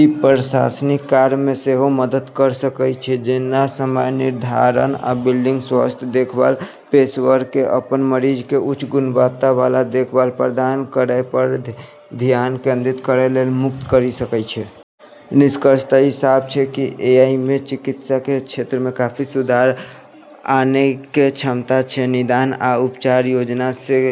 ई प्रशासनिक कार्यमे सेहो मदति करि सकै छै, जेना समय निर्धारण आ बिलिंग, स्वास्थ्य देखभाल पेशेवरके अपन मरीजके उच्च गुणवत्ताबला देखभाल प्रदान करै पर धियान केंद्रित करै लेल मुक्त करि सकै छै । निष्कर्षतः ई साफ छै कि एआईमे चिकित्साके क्षेत्रमे काफी सुधार आनैके क्षमता छै। निदान आ उपचार योजनासँ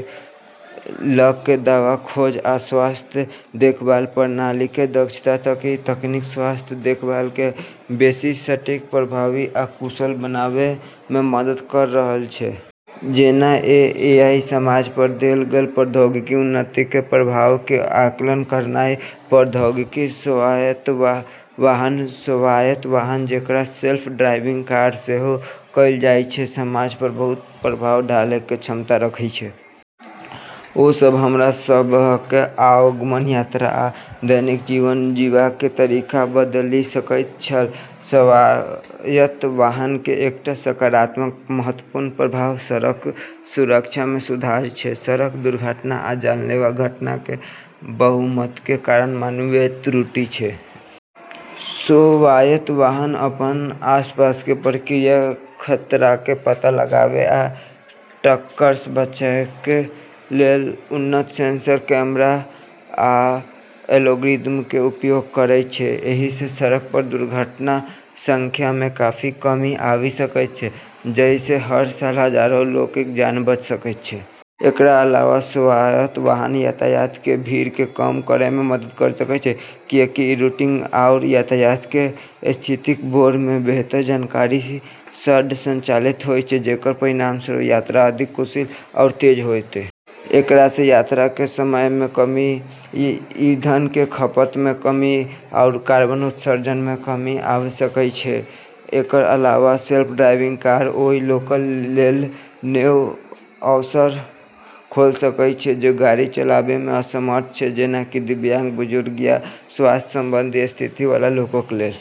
ल' क' दवा खोज आ स्वास्थ्य देखभाल प्रणालीके दक्षता तक, ई तकनीक स्वास्थ्य देखभालके बेशी सटीक, प्रभावी आ कुशल बनेबामे मदति करि रहल छै । जेना ए. आई. समाज पर देल गेल प्रौद्योगिकी उन्नतिके प्रभावके आकलन करनाइ। प्रौद्योगिकी: स्वायत्त वाहन स्वायत्त वाहन, जेकरा सेल्फ ड्राइविंग कार सेहो कहल जाइ छै, समाज पर बहुत प्रभाव डालैके क्षमता रखै छै। ओ सब हमरा सबहक आवागमन, यात्रा आ दैनिक जीवन जीबाक तरीकाके बदलि सकैत छल। स्वायत्त वाहनके एकटा सकारात्मक महत्वपूर्ण प्रभाव सड़क सुरक्षामे सुधार छै । सड़क दुर्घटना आ जानलेवा घटनाके बहुमतके कारण मानवीय त्रुटि छै। स्वायत्त वाहन अपन आसपासके प्रक्रिया, खतराके पता लगाबै आ टक्करसँ बचैके लेल उन्नत सेंसर, कैमरा आ एल्गोरिदमके उपयोग करै छै । एहिसँ सड़क पर दुर्घटनाके संख्यामे काफी कमी आबि सकैत अछि, जाहिसँ हर साल हजारों लोकक जान बचि सकैत अछि। एकर अलावा स्वायत्त वाहन यातायात केर भीड़के कम करैमे मदति करि सकै छै, किएकि ई रूटिंग आओर यातायात केर स्थितिके बारेमे बेहतर जानकारीके सङ्ग संचालित होइ छै, जेकर परिणामस्वरूप यात्रा अधिक कुशल आओर तेज हेतै । एकरासँ यात्राके समयमे कमी, ईंधनके खपतमे कमी आओर कार्बन उत्सर्जनमे कमी आबि सकै छै। एकर अलावा, सेल्फ ड्राइविंग कार ओइ लोकक लेल नव अवसर खोल सकै छै जे गाड़ी चलाबैमे असमर्थ छै, जेना कि दिव्यांग, बुजुर्ग या स्वास्थ्य संबंधी स्थिति वाला लोकक लेल ।